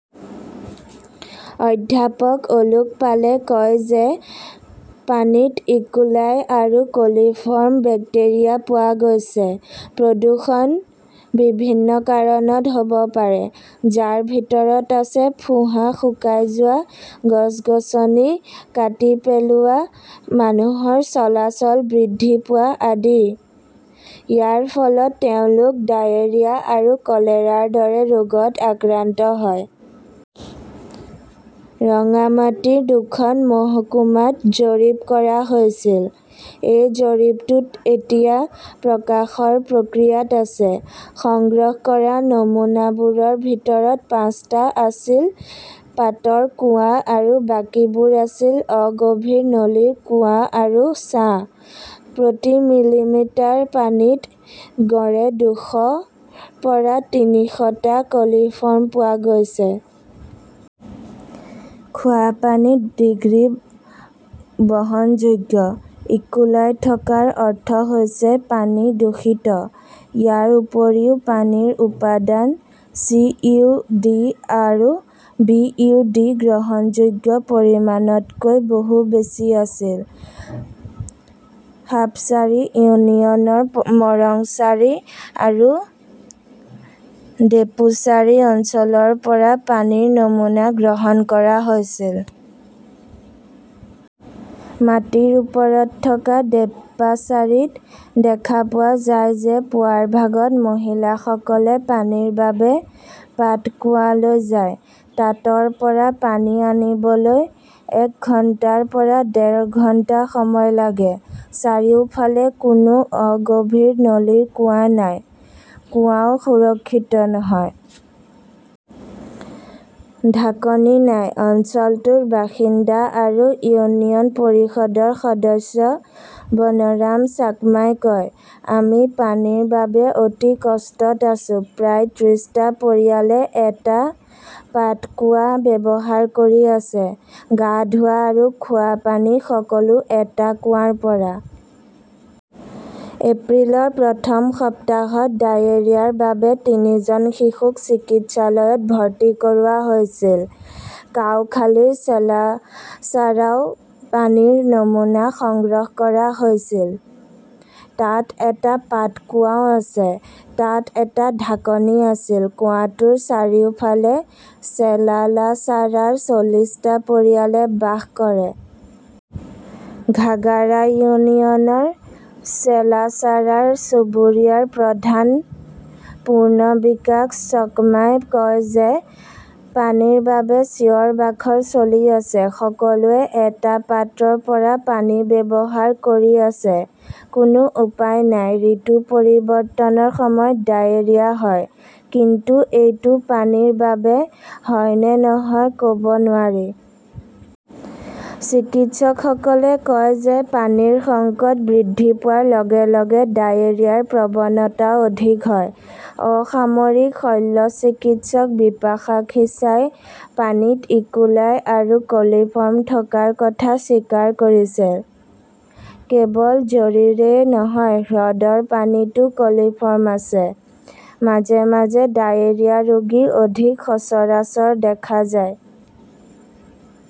অধ্যাপক অলোক পালে কয় যে, পানীত ইকোলাই আৰু কলিফৰ্ম বেক্টেৰিয়া পোৱা গৈছে। প্ৰদূষণ বিভিন্ন কাৰণত হ'ব পাৰে, যাৰ ভিতৰত আছে ফোঁহা শুকাই যোৱা, গছ-গছনি কাটি পেলোৱা, মানুহৰ চলাচল বৃদ্ধি পোৱা আদি। ইয়াৰ ফলত তেওঁলোক ডায়েৰিয়া আৰু কলেৰাৰ দৰে ৰোগত আক্ৰান্ত হয়। ৰংগামাটীৰ দুখন মহকুমাত জৰীপ কৰা হৈছিল। এই জৰীপটো এতিয়া প্ৰকাশৰ প্ৰক্ৰিয়াত আছে। সংগ্ৰহ কৰা নমুনাবোৰৰ ভিতৰত পাঁচটা আছিল পাতৰ কুঁৱা আৰু বাকীবোৰ আছিল অগভীৰ নলীৰ কুঁৱা আৰু ছাঁ। প্ৰতি মিলিলিটাৰ পানীত গড়ে দুশৰ পৰা তিনিশটা কলিফৰ্ম পোৱা গৈছে। খোৱা পানীত ডিগ্ৰী বহনযোগ্য। ইকোলাই থকাৰ অৰ্থ হৈছে, পানী দূষিত। ইয়াৰ উপৰিও পানীৰ উপাদান চি. ও. ডি. আৰু বি. ও. ডি. গ্ৰহণযোগ্য পৰিমাণতকৈ বহু বেছি আছিল। সাপচাৰী ইউনিয়নৰ মৰংচাৰী আৰু ডেপোচাৰী অঞ্চলৰ পৰা পানীৰ নমুনা সংগ্ৰহ কৰা হৈছিল। মাটিৰ ওপৰত থকা দেপ্পাচাৰীত দেখা পোৱা যায় যে পুৱাৰ ভাগত মহিলাসকলে পানীৰ বাবে পাতকোৱালৈ যায়। তাতৰ পৰা পানী আনিবলৈ এক ঘণ্টাৰ পৰা ডেৰ ঘণ্টা সময় লাগে। চাৰিওফালে কোনো অগভীৰ নলীৰ কুঁৱা নাই। কুঁৱাও সুৰক্ষিত নহয়। ঢাকনি নাই। অঞ্চলটোৰ বাসিন্দা আৰু ইউনিয়ন পৰিষদৰ সদস্য বনৰাম চাকমাই কয়, আমি পানীৰ বাবে অতি কষ্টত আছো। প্ৰায় ত্ৰিছটা পৰিয়ালে এটা পাতকুৱা ব্যৱহাৰ কৰি আছে। গা ধোৱা আৰু খোৱা পানী সকলো এটা কুঁৱাৰ পৰা। এপ্ৰিলৰ প্ৰথম সপ্তাহত ডায়েৰিয়াৰ বাবে তিনিজন শিশুক চিকিৎসালয়ত ভৰ্তি কৰোৱা হৈছিল। কাউখালীৰ ছেলাছাৰাও পানীৰ নমুনা সংগ্ৰহ কৰা হৈছিল। তাত এটা পাতকোৱাও আছে। তাত এটা ঢাকনি আছিল। কুঁৱাটোৰ চাৰিওফালে চেলালাছাৰাৰ চল্লিছটা পৰিয়ালে বাস কৰে। ঘাগাৰা ইউনিয়নৰ ছেলাছাৰাৰ চুবুৰীয়া প্ৰধান পূৰ্ণ বিকাশ চক্মাই কয় যে, পানীৰ বাবে চিঞৰ-বাখৰ চলি আছে। সকলোৱে এটা পাত্ৰৰ পৰা পানী ব্যৱহাৰ কৰি আছে। কোনো উপায় নাই। ঋতু পৰিৱৰ্তনৰ সময়ত ডায়েৰিয়া হয়। কিন্তু এইটো পানীৰ বাবে হয় নে নহয় ক'ব নোৱাৰি। চিকিৎসকসকলে কয় যে, পানীৰ সংকট বৃদ্ধি পোৱাৰ লগে লগে ডায়েৰিয়াৰ প্ৰৱণতাও অধিক হয়। অসামৰিক শল্যচিকিৎসক বিপাশা খিছাই পানীত ইকোলাই আৰু কলিফৰ্ম থকাৰ কথা স্বীকাৰ কৰিছে, কেৱল ঝৰিৰেই নহয়, হ্ৰদৰ পানীতও কলিফৰ্ম আছে। মাজে মাজে ডায়েৰিয়া ৰোগী অধিক সচৰাচৰ দেখা যায়।